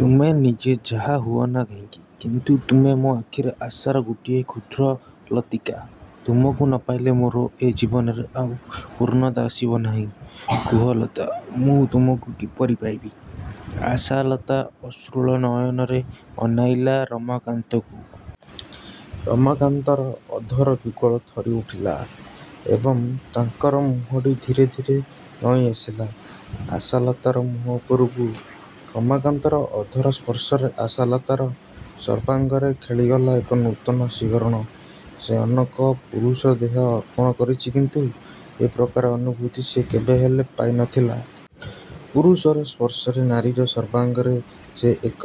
ତୁମେ ନିଜେ ଯାହା ହୁଅନା କାହିଁକି; କିନ୍ତୁ ତୁମେ ମୋ ଆଖିରେ ଆଶାର ଗୋଟିଏ କ୍ଷୁଦ୍ର ଲତିକା। ତୁମକୁ ନ ପାଇଲେ ମୋର ଏ ଜୀବନରେ ଆଉ ପୂର୍ଣ୍ଣତା ଆସିବ ନାହିଁ। କୁହ ଲତା! ମୁଁ ତୁମକୁ କିପରି ପାଇବି? '' ଆଶାଲତା ଅଶ୍ରୁଳ ନୟନରେ ଅନାଇଲା ରମାକାନ୍ତକୁ। ରମାକାନ୍ତର ଅଧର ଯୁଗଳ ଥରିଉଠିଲା ଏବଂ ତାଙ୍କର ମୁହଁଟି ଧୀରେ ଧୀରେ ନଇଁଆସିଲା ଆଶାଲତାର ମୁହଁ ଉପରକୁ। ରମାକାନ୍ତର ଅଧର ସ୍ପର୍ଶରେ ଆଶାଲତାର ସର୍ବାଙ୍ଗରେ ଖେଲିଗଲା ଏକ ନୂତନ ସିହରଣ। ସେ ଅନେକ ପୁରୁଷକୁ ଦେହ ଅର୍ପଣ କରିଛି କିନ୍ତୁ ଏ ପ୍ରକାର ଅନୁଭୂତି ସେ କେବେହେଲେ ପାଇ ନ ଥିଲା। ପୁରୁଷର ସ୍ପର୍ଶରେ ନାରୀର ସର୍ବାଙ୍ଗରେ ଯେ ଏକ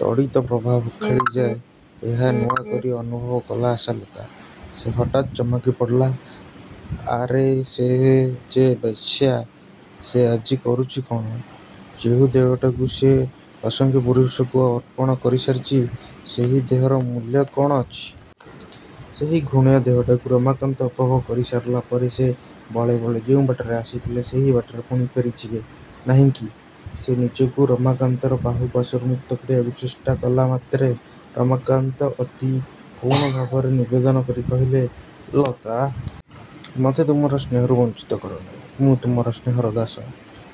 ତଡ଼ିତ ପ୍ରବାହ ଖେଳିଯାଏ ଏହା ନୂଆକରି ଅନୁଭବ କଲା ଆଶାଲତା। ସେ ହଠାତ୍ ଚମକି ପଡ଼ିଲା। ଆରେ ସେ ଯେ ବେଶ୍ୟା। ସେ ଆଜି କରୁଛି କ'ଣ? ଯେଉଁ ଦେହଟାକୁ ସେ ଅସଂଖ୍ୟ ପୁରୁଷକୁ ଅର୍ପଣ କରିସାରିଛି ସେହି ଦେହର ମୂଲ୍ୟ କ'ଣ ଅଛି? ସେହି ଘୃଣ୍ୟ ଦେହଟାକୁ ରମାକାନ୍ତ ଉପଭୋଗ କରିସାରିଲା ପରେ ସେ ବଳେ ବଳେ ଯେଉଁ ବାଟରେ ଆସିଥିଲେ ସେହି ବାଟରେ ପୁଣି ଫେରିଯିବେ ନାହିଁକି? ସେ ନିଜକୁ ରମାକାନ୍ତର ବାହୁପାଶରୁ ମୁକ୍ତ କରିବାକୁ ଚେଷ୍ଟା କଲାମାତ୍ରେ ରମାକାନ୍ତ ଅତି କରୁଣଭାବରେ ନିବେଦନ କରି କହିଲେ, ''ଲତା! ମୋତେ ତୁମର ସ୍ନେହରୁ ବଞ୍ଚିତ କରନାହିଁ। ମୁଁ ତୁମର ସ୍ନେହର ଦାସ।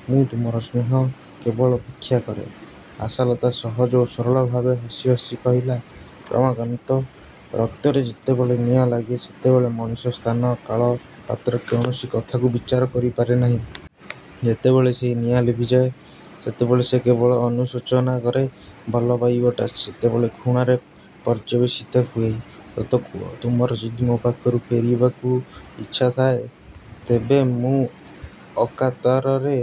ମୁଁ ତୁମର ସ୍ନେହ କେବଳ ଭିକ୍ଷାକରେ। '' ଆଶାଲତା ସହଜ ଓ ସରଳ ଭାବେ ହସି ହସି କହିଲା, ''ରମାକାନ୍ତ! ରକ୍ତରେ ଯେତେବେଳେ ନିଆଁ ଲାଗେ ସେତେବେଳେ ମଣିଷ ସ୍ଥାନ, କାଳ, ପାତ୍ର କୌଣସି କଥାକୁ ବିଚାର କରିପାରେ ନାହିଁ। ଯେତେବେଳେ ସେହି ନିଆଁ ଲିଭିଯାଏ, ସେତେବେଳେ ସେ କେବଳ ଅନୁଶୋଚନା କରେ। ଭଲ ପାଇବାଟା ସେତେବେଳେ ଘୃଣାରେ ପର୍ଯ୍ୟବେସିତ ହୁଏ। ସତ କୁହ, ତୁମର ଯଦି ମୋ ପାଖରୁ ଫେରିଯିବାକୁ ଇଚ୍ଛାଥାଏ, ତେବେ ମୁଁ ଅକାତରରେ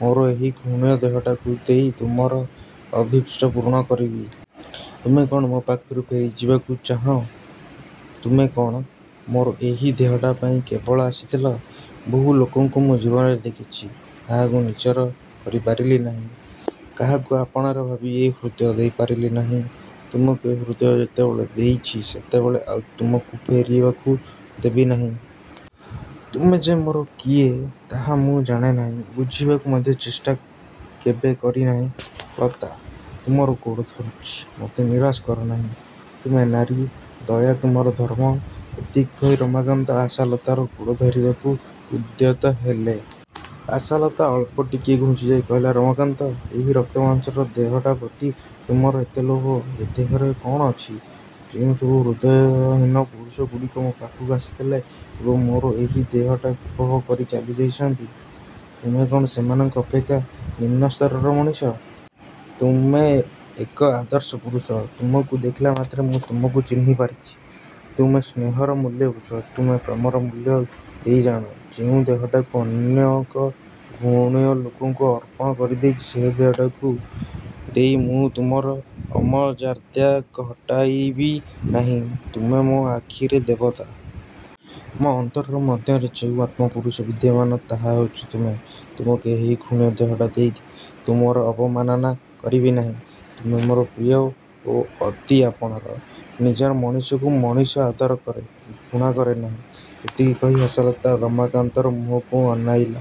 ମୋର ଏହି ଘୃଣ୍ୟଦେହଟାକୁ ଦେଇ ତୁମର ଅଭୀଷ୍ଟ ପୂରଣ କରିବି। ତୁମେ କ'ଣ ମୋ ପାଖରୁ ଫେରିଯିବାକୁ ଚାହଁ ତୁମେ କ'ଣ? ମୋର ଏହି ଦେହଟା ପାଇଁ କେବଳ ଆସିଥିଲ? ବହୁ ଲୋକଙ୍କୁ ମୁଁ ଜୀବନରେ ଦେଖିଛି। କାହାକୁ ନିଜର କରିପାରିଲି ନାହିଁ। କାହାକୁ ଆପଣାର ଭାବି ଏ ହୃଦୟ ଦେଇପାରିଲି ନାହିଁ। ତୁମକୁ ଏ ହୃଦୟ ଯେତେବେଳେ ଦେଇଛି ସେତେବେଳେ ଆଉ ତୁମକୁ ଫେରିଯିବାକୁ ଦେବିନାହିଁ। ତୁମେ ଯେ ମୋର କିଏ ତାହା ମୁଁ ଜାଣେ ନାହିଁ। ବୁଝିବାକୁ ମଧ୍ୟ ଚେଷ୍ଟା କେବେ କରିନାହିଁ। '' ''ଲତା! ତୁମର ଗୋଡ଼ ଧରୁଚି। ମୋତେ ନିରାଶ କର ନାହିଁ। ତୁମେ ନାରୀ। ଦୟା ତୁମର ଧର୍ମ। '' ଏତିକି କହି ରମାକାନ୍ତ ଆଶାଲତାର ଗୋଡ଼ ଧରିବାକୁ ଉଦ୍ୟତ ହେଲେ। ଆଶାଲତା ଅଳ୍ପ ଟିକିଏ ଘୁଞ୍ଚିଯାଇ କହିଲା, ''ରମାକାନ୍ତ! ଏହି ରକ୍ତମାଂସର ଦେହଟାପ୍ରତି ତୁମର ଏତେ ଲୋଭ? ଏ ଦେହରେ କ'ଣ ଅଛି? ଯେଉଁସବୁ ହୃଦୟହୀନ ପୁରୁଷଗୁଡ଼ିକ ମୋ ପାଖକୁ ଆସିଥିଲେ ଏବଂ ମୋର ଏହି ଦେହଟାକୁ ଉପଭୋଗ କରି ଚାଲିଯାଇଛନ୍ତି, ତୁମେ କ'ଣ ସେମାନଙ୍କ ଅପେକ୍ଷା ନିମ୍ନସ୍ତରର ମଣିଷ? ତୁମେ ଏକ ଆଦର୍ଶ ପୁରୁଷ-। ତୁମକୁ ଦେଖିଲା ମାତ୍ରେ ମୁଁ ତୁମକୁ ଚିହ୍ନିପାରିଛି। ତୁମେ ସ୍ନେହର ମୂଲ୍ୟ ବୁଝ। ତୁମେ ପ୍ରେମର ମୂଲ୍ୟ ଦେଇଜାଣ। ଯେଉଁ ଦେହଟାକୁ ଅନେକ ଘୃଣ୍ୟଲୋକଙ୍କୁ ଅର୍ପଣ କରିଦେଇଛି, ସେହି ଦେହଟାକୁ ଦେଇ ମୁଁ ତୁମର ଅମର୍ଯ୍ୟଦା ଘଟାଇବି ନାହିଁ। ତୁମେ ମୋ ଆଖିରେ ଦେବତା। ମୋର ଅନ୍ତର ମଧ୍ୟରେ ଯେଉଁ ଆତ୍ମପୁରୁଷ ବିଦ୍ୟମାନ ତାହା ହେଉଛ ତୁମେ। ତୁମକୁ ଏହି ଘୃଣ୍ୟଦେହଟା ଦେଇ ତୁମର ଅବମାନନା କରିବି ନାହିଁ। ତୁମେ ମୋର ପ୍ରିୟ ଓ ଅତି ଆପଣାର। ନିଜର ମଣିଷକୁ ମଣିଷ ଆଦର କରେ। ଘୃଣା କରେ ନାହିଁ। ଏତିକି କହି ଆଶାଲତା ରମାକାନ୍ତର ମୁହଁକୁ ଅନାଇଲା।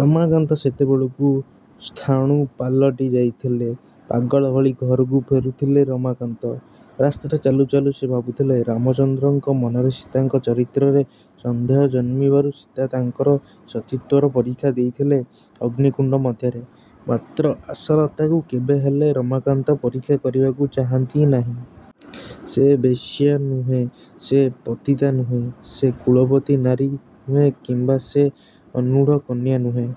ରମାକାନ୍ତ ସେତେବେଳକୁ ସ୍ଥାଣୁ ପାଲଟି ଯାଇଥିଲେ। ପାଗଳ ଭଳି ଘରକୁ ଫେରୁଥିଲେ ରମାକାନ୍ତ। ରାସ୍ତାରେ ଚାଲୁ ଚାଲୁ ସେ ଭାବୁଥିଲେ ରାମଚନ୍ଦ୍ରଙ୍କ ମନରେ ସୀତାଙ୍କ ଚରିତ୍ରରେ ସନ୍ଦେହ ଜନ୍ମିବାରୁ ସୀତା ତାଙ୍କର ସତୀତ୍ୱର ପରୀକ୍ଷା ଦେଇଥିଲେ ଅଗ୍ନିକୁଣ୍ଡ ମଧ୍ୟରେ। ମାତ୍ର ଆଶାଲତାକୁ କେବେହେଲେ ରମାକାନ୍ତ ପରୀକ୍ଷା କରିବାକୁ ଚାହାଁନ୍ତି ନାହିଁ। ସେ ବେଶ୍ୟା ନୁହେଁ। ସେ ପତିତା ନୁହେଁ। ସେ କୁଳବତୀ ନାରୀ ନୁହେଁ କିମ୍ବା ସେ ଅନୂଢ଼ କନ୍ୟା ନୁହେଁ।